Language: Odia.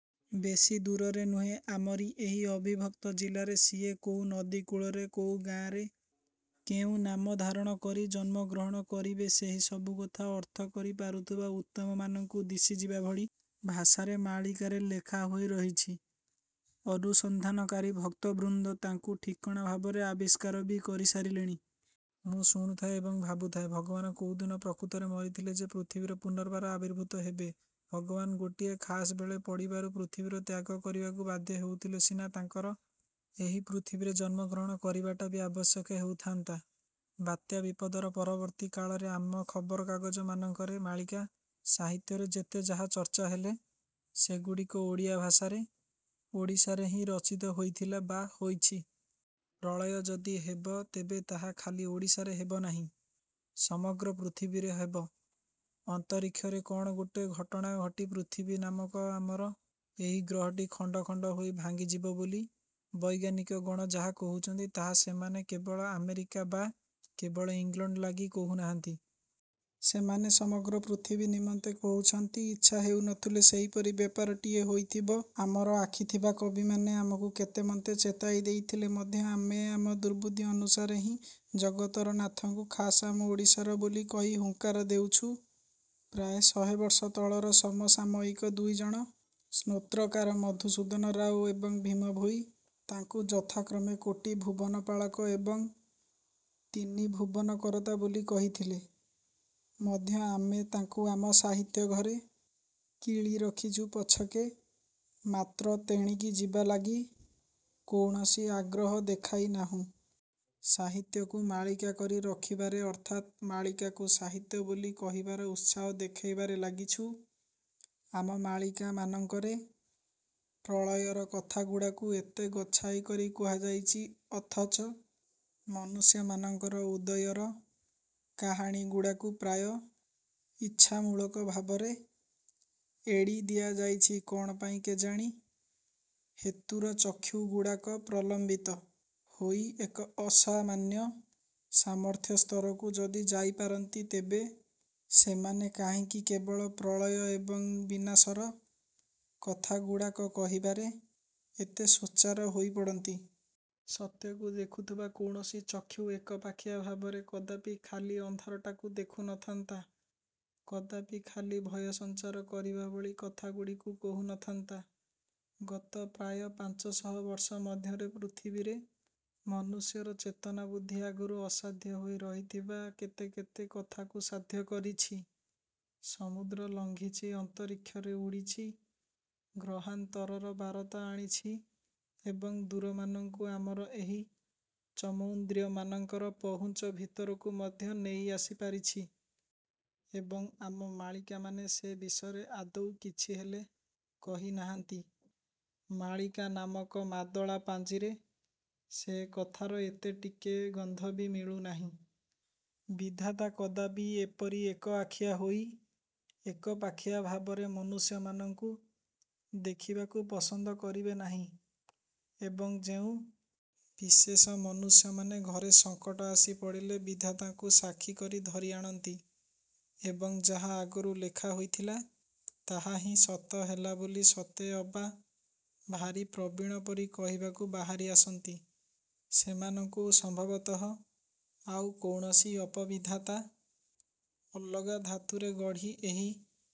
ବେଶୀ ଦୂରରେ ନୁହେଁ, ଆମରି ଏହି ଅବିଭକ୍ତ ଜିଲ୍ଲାରେ। ସିଏ କୋଉ ନଦୀ କୂଳରେ କୋଉ ଗାଆଁରେ କେଉଁ ନାମ ଧାରଣ କରି ଜନ୍ମଗ୍ରହଣ କରିବେସେହି ସବୁକଥା ଅର୍ଥ କରି ପାରୁଥିବା ଉତ୍ତମମାନଙ୍କୁ ଦିଶିଯିବା ଭଳି ଭାଷାରେ ମାଳୀକାରେ ଲେଖା ହୋଇ ରହିଛି। ଅନୁସନ୍ଧାନକାରୀ ଭକ୍ତବୃନ୍ଦ ତାଙ୍କୁ ଠିକଣା ଭାବରେ ଆବିଷ୍କାର ବି କରି ସାରିଲେଣି। ମୁଁ ଶୁଣୁଥାଏ ଏବଂ ଭାବୁଥାଏ ଭଗବାନ କୋଉଦିନ ପ୍ରକୃତରେ ମରିଥଲେ ଯେ ପୃଥିବୀରେ ପୁନର୍ବାର ଆବିର୍ଭୂତ ହେବେ। ଭଗବାନ ଗୋଟାଏ ଖାସ୍ ବେଳ ପଡ଼ିବାରୁ ପୃଥିବୀ ତ୍ୟାଗ କରିବାକୁ ବାଧ୍ୟ ହେଉଥିଲେ ସିନା ତାଙ୍କର ଏହି ପୃଥିବୀରେ ଜନ୍ମଗ୍ରହଣ କରିବାଟା ବି ଆବଶ୍ୟକ ହେଉଥାନ୍ତା। ବାତ୍ୟା ବିପଦର ପରବର୍ତ୍ତୀ କାଳରେ ଆମ ଖବରକାଗଜ ମାନଙ୍କରେ ମାଳିକା ସାହିତ୍ୟର ଯେତେ ଯାହା ଚର୍ଚ୍ଚା ହେଲା ସେଗୁଡ଼ିକ ଓଡ଼ିଆ ଭାଷାରେ ଓଡ଼ିଶାରେ ହିଁ ରଚିତ ହୋଇଥିଲା ବା ହୋଇଛି। ପ୍ରଳୟ ଯଦି ହେବ ତେବେ ତାହା ଖାଲି ଓଡ଼ିଶାରେ ହେବନାହିଁ। ସମଗ୍ର ପୃଥିବୀରେ ହେବ। ଅନ୍ତରୀକ୍ଷରେ କ'ଣ ଗୋଟାଏ ଘଟଣା ଘଟି ପୃଥିବୀ ନାମକ ଆମର ଏହି ଗ୍ରହଟି ଖଣ୍ଡ ଖଣ୍ଡ ହୋଇ ଭାଙ୍ଗିଯିବ ବୋଲି ବୈଜ୍ଞାନିକଗଣ ଯାହା କହୁଛନ୍ତି ତାହା ସେମାନେ କେବଳ ଆମେରିକା ବା କେବଳ ଇଂଲଣ୍ଡ ଲାଗି କହୁନାହାନ୍ତି। ସେମାନେ ସମଗ୍ର ପୃଥିବୀ ନିମନ୍ତେ କହୁଛନ୍ତି। ଇଚ୍ଛା ହେଉନଥିଲେ ସେହିପରି ବ୍ୟାପାରଟିଏ ହୋଇଥିବ। ଆମର ଆଖିଥବା କବିମାନେ ଆମକୁ କେତେମନ୍ତେ ଚେତାଇ ଦେଇଥିଲେ ମଧ୍ୟ ଆମେ ଆମ ଦୁର୍ବୁଦ୍ଧି ଅନୁସାରେ ହିଁ ଜଗତର ନାଥଙ୍କୁ ଖାସ୍ ଆମ ଓଡ଼ିଶାର ବୋଲି କହି ହୁଙ୍କାର ଦେଉଛୁ। ପ୍ରାୟ ଶହେ ବର୍ଷ ତଳର ସମସାମୟିକ ଦୁଇଜଣ ସ୍ତ୍ରୋତ୍ରକାର ମଧୁସୂଦନ ରାଓ ଏବଂ ଭୀମ ଭୋଇ, ତାଙ୍କୁ ଯଥାକ୍ରମେ କୋଟିଭୁବନପାଳକ ଏବଂ ତିନି ଭୁବନକରତା ବୋଲି କହିଥିଲେ ମଧ୍ୟ ଆମେ ତାଙ୍କୁ ଆମ ସାହିତ୍ୟଘରେ କିଳି ରଖିଛୁ ପଛକେ ମାତ୍ର ତେଣିକି ଯିବା ଲାଗି କୌଣସି ଆଗ୍ରହ ଦେଖାଇନାହୁଁ। ସାହିତ୍ୟକୁ ମାଳିକା କରି ରଖିବାରେ ଅର୍ଥାତ୍ ମାଳିକାକୁ ସାହିତ୍ୟ ବୋଲି କହିବାରେ ଉତ୍ସାହ ଦେଖାଇବାରେ ଲାଗିଛୁ। ଆମ ମାଳିକାମାନଙ୍କରେ ପ୍ରଳୟର କଥାଗୁଡ଼ାକୁ ଏତେ ଗଚ୍ଛାଇ କରି କୁହାଯାଇଛି, ଅଥଚ ମନୁଷ୍ୟମାନଙ୍କର ଉଦୟର କାହାଣୀଗୁଡ଼ାକୁ ପ୍ରାୟ ଇଚ୍ଛାମୂଳକ ଭାବରେ ଏଡ଼ି ଦିଆଯାଇଛି କ'ଣ ପାଇଁ କେଜାଣି? ହେତୁର ଚକ୍ଷୁଗୁଡ଼ାକ ପ୍ରଲମ୍ବିତ ହୋଇ ଏକ ଅସାମାନ୍ୟ ସାମର୍ଥ୍ୟସ୍ତରକୁ ଯଦି ଯାଇପାରନ୍ତି, ତେବେ ସେମାନେ କାହିଁକି କେବଳ ପ୍ରଳୟ ଏବଂ ବିନାଶର କଥାଗୁଡ଼ାକ କହିବାରେ ଏତେ ସୋଚ୍ଚାର ହୋଇପଡ଼ନ୍ତି? ସତ୍ୟକୁ ଦେଖୁଥବା କୌଣସି ଚକ୍ଷୁ ଏକପାଖିଆ ଭାବରେ କଦାପି ଖାଲି ଅନ୍ଧାରଟାକୁ ଦେଖୁନଥାନ୍ତା, କଦାପି ଖାଲି ଭୟସଂଚାର କରିବା ଭଳି କଥାଗୁଡ଼ିକୁ କହୁନଥାନ୍ତା। ଗତ ପ୍ରାୟ ପାଂଚଶହ ବର୍ଷ ମଧ୍ୟରେ ପୃଥିବୀରେ ମନୁଷ୍ୟର ଚେତନାବୁଦ୍ଧି ଆଗରୁ ଅସାଧ୍ୟ ହୋଇ ରହିଥିବା କେତେ କେତେ କଥାକୁ ସାଧ୍ୟ କରିଛି; ସମୁଦ୍ର ଲଂଘିଛି, ଅନ୍ତରୀକ୍ଷରେ ଉଡ଼ିଛି, ଗ୍ରହାନ୍ତରର ବାରତା ଆଣିଛି ଏବଂ ଦୂରମାନଙ୍କୁ ଆମର ଏହି ଚର୍ମେନ୍ଦ୍ରିୟମାନଙ୍କର ପହୁଞ୍ଚ ଭିତରକୁ ମଧ୍ୟ ନେଇ ଆସି ପାରିଛି। ଏବଂ, ଆମ ମାଳିକାମାନେ ସେ ବିଷୟରେ ଆଦୌ କିଛି ହେଲେ କହିନାହାନ୍ତି। ମାଳିକା ନାମକ ମାଦଳା ପାଞ୍ଜିରେ ସେକଥାର ଏତେ ଟିକିଏ ଗନ୍ଧ ବି ମିଳୁନାହିଁ। ବିଧାତା କଦାପି ଏପରି ଏକଆଖିଆ ହୋଇ ଏକପାଖିଆ ଭାବରେ ମନୁଷ୍ୟମାନଙ୍କୁ ଦେଖିବାକୁ ପସନ୍ଦ କରିବେ ନାହିଁ। ଏବଂ ଯେଉଁ ବିଶେଷ ମନୁଷ୍ୟମାନେ ଘରେ ସଂକଟ ଆସି ପଡ଼ିଲେ ବିଧାତାଙ୍କୁ ସାକ୍ଷୀ କରି ଧରିଆଣନ୍ତି ଏବଂ ଯାହା ଆଗରୁ ଲେଖା ହୋଇଥିଲା ତାହା ହିଁ ସତ ହେଲା ବୋଲି ସତେ ଅବା ଭାରି ପ୍ରବୀଣ ପରି କହିବାକୁ ବାହାରି ଆସନ୍ତି ସେମାନଙ୍କୁ ସମ୍ଭବତଃ ଆଉ କୌଣସି ଅପବିଧାତା ଅଲଗା ଧାତୁରେ ଗଢ଼ି ଏହି